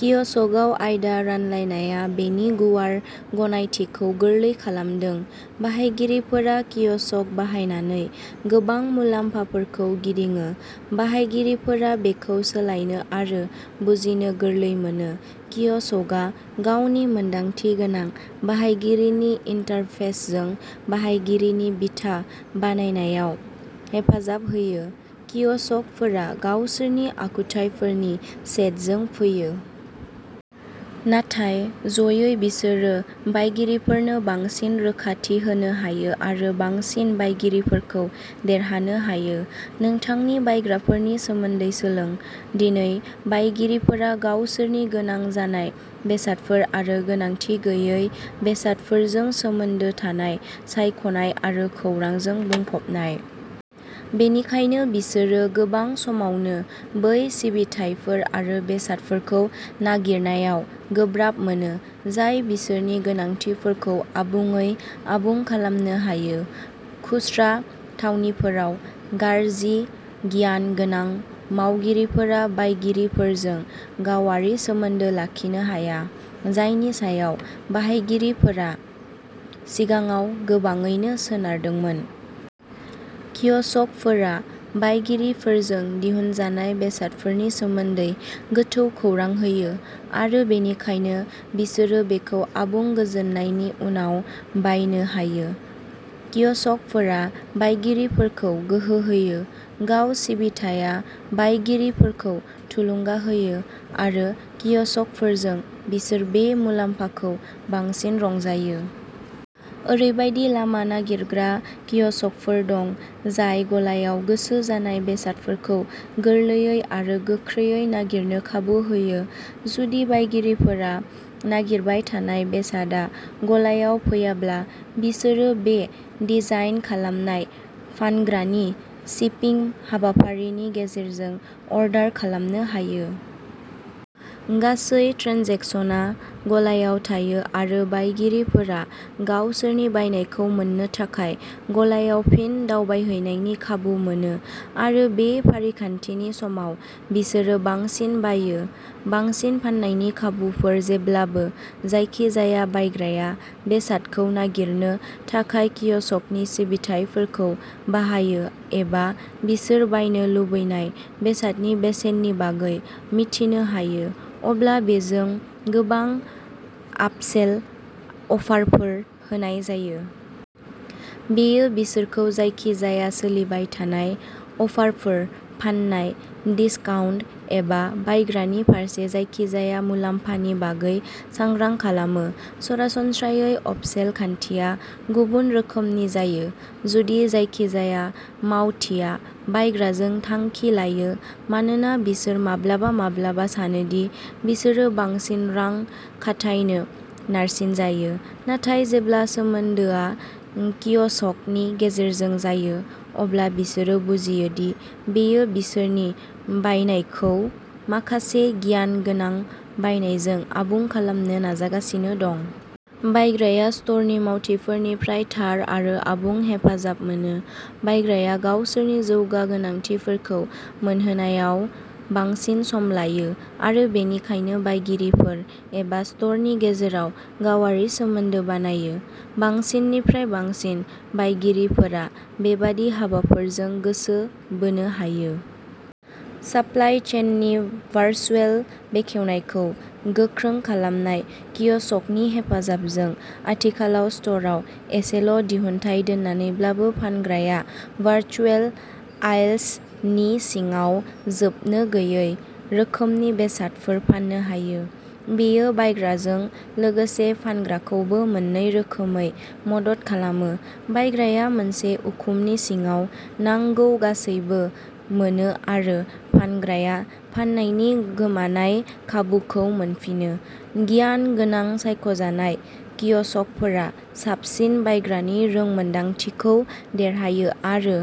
कियसकआव आयदा रानलायनाया बेनि गुवार गनायथिखौ गोरलै खालामदों। बाहायगिरिफोरा कियसक बाहायनानै गोबां मुलाम्फाफोरखौ गिदिङो। बाहायगिरिफोरा बेखौ सोलायनो आरो बुजिनो गोरलै मोनो। कियसकआ गावनि मोनदांथि गोनां बाहायगिरिनि इनटारफेसजों बाहायगिरिनि बिथा बानायनायाव हेफाजाब होयो। कियसकफोरा गावसोरनि आखुथायफोरनि सेटजों फैयो। नाथाय जयै बिसोरो बायगिरिफोरनो बांसिन रोखाथि होनो हायो आरो बांसिन बायगिरिफोरखौ देरहानो हायो। नोंथांनि बायग्राफोरनि सोमोन्दै सोलों। दिनै बायगिरिफोरा गावसोरनि गोनां जानाय बेसादफोर आरो गोनांथि गैयै बेसादफोरजों सोमोन्दो थानाय सायख'नाय आरो खौरांजों बुंफबनाय। बेनिखायनो बिसोरो गोबां समावनो बै सिबिथायफोर आरो बेसादफोरखौ नागिरनायाव गोब्राब मोनो जाय बिसोरनि गोनांथिफोरखौ आबुङै आबुं खालामनो हायो। खुस्रा थावनिफोराव गारजि गियान गोनां मावगिरिफोरा बायगिरिफोरजों गावारि सोमोन्दो लाखिनो हाया, जायनि सायाव बाहायगिरिफोरा सिगाङाव गोबाङैनो सोनारदोंमोन। कियसकफोरा बायगिरिफोरजों दिहुनजानाय बेसादफोरनि सोमोन्दै गोथौ खौरां होयो आरो बेनिखायनो बिसोरो बेखौ आबुं गोजोननायनि उनाव बायनो हायो। कियसकफोरा बायगिरिफोरखौ गोहो होयो। गाव सिबिथाया बायगिरिफोरखौ थुलुंगा होयो आरो कियसकफोरजों बिसोर बे मुलाम्फाखौ बांसिन रंजायो। ओरैबायदि लामा नागिरग्रा कियसकफोर दं जाय गलायाव गोसो जानाय बेसादफोरखौ गोरलैयै आरो गोख्रैयै नागिरनो खाबु होयो। जुदि बायगिरिफोरा नागिरबाय थानाय बेसादआ गलायाव फैयाब्ला, बिसोरो बे डिजाइन खालामनाय फानग्रानि शिपिं हाबाफारिनि गेजेरजों अरडार खालामनो हायो। गासै ट्रेनजेकसनआ गलायाव थायो आरो बायगिरिफोरा गावसोरनि बायनायखौ मोननो थाखाय गलायाव फिन दावबायहैनायनि खाबु मोनो आरो बे फारिखान्थिनि समाव बिसोरो बांसिन बाययो। बांसिन फाननायनि खाबुफोर जेब्लानो जायखिजाया बायग्राया बेसादखौ नागिरनो थाखाय कियसकनि सिबिथाइफोरखौ बाहायो एबा बिसोर बायनो लुबैनाय बेसादनि बेसेननि बागै मिथिनो हायो अब्ला बेजों गोबां आपसेल अफारफोर होनाय जायो। बेयो बिसोरखौ जायखिजाया सोलिबाय थानाय अफारफोर, फान्नाय, दिसकाउन्ट एबा बायग्रानि फारसे जायखिजाया मुलाम्फानि बागै सांग्रां खालामो। सरासनस्रायै आपसेल खान्थिया गुबुन रोखोमनि जायो, जुदि जायखिजाया मावथिआ बायग्राजों थांखि लायो, मानोना बिसोर माब्लाबा-माब्लाबा सानो दि बिसोरो बांसिन रां खाथायनो नारसिनजायो, नाथाय जेब्ला सोमोन्दोआ कियसकनि गेजेरजों जायो, अब्ला बिसोरो बुजियो दि बेयो बिसोरनि बायनायखौ माखासे गियान गोनां बायनायजों आबुं खालामनो नाजागासिनो दं। बायग्राया स्ट'रनि मावथिफोरनिफ्राय थार आरो आबुं हेफाजाब मोनो। बायग्राया गावसोरनि जौगा गोनांथिफोरखौ मोनहोनायाव बांसिन सम लायो आरो बेनिखायनो बायगिरिफोर एबा स्ट'रनि गेजेराव गावारि सोमोन्दो बानायो। बांसिननिफ्राय बांसिन बायगिरिफोरा बेबादि हाबाफोरजों गोसो बोनो हायो। सापलाइ चेननि भारचुएल बेखेवनायखौ गोख्रों खालामनाय कियसकनि हेफाजाबजों आथिखालाव स्ट'रआव एसेल' दिहुनथाय दोननानैब्लाबो फानग्राया भारचुएल आयल्सनि सिङाव जोबनोगैयै रोखोमनि बेसादफोर फाननो हायो। बेयो बायग्राजों लोगोसे फानग्राखौबो मोननै रोखोमै मदद खालामो। बायग्राया मोनसे उखुमनि सिङाव नांगौ गासैबो मोनो आरो फानग्राया फाननायनि गोमानाय खाबुखौ मोनफिनो। गियान गोनां सायख'जानाय कियसकफोरा साबसिन बायग्रानि रोंमोनदांथिखौ देरहायो आरो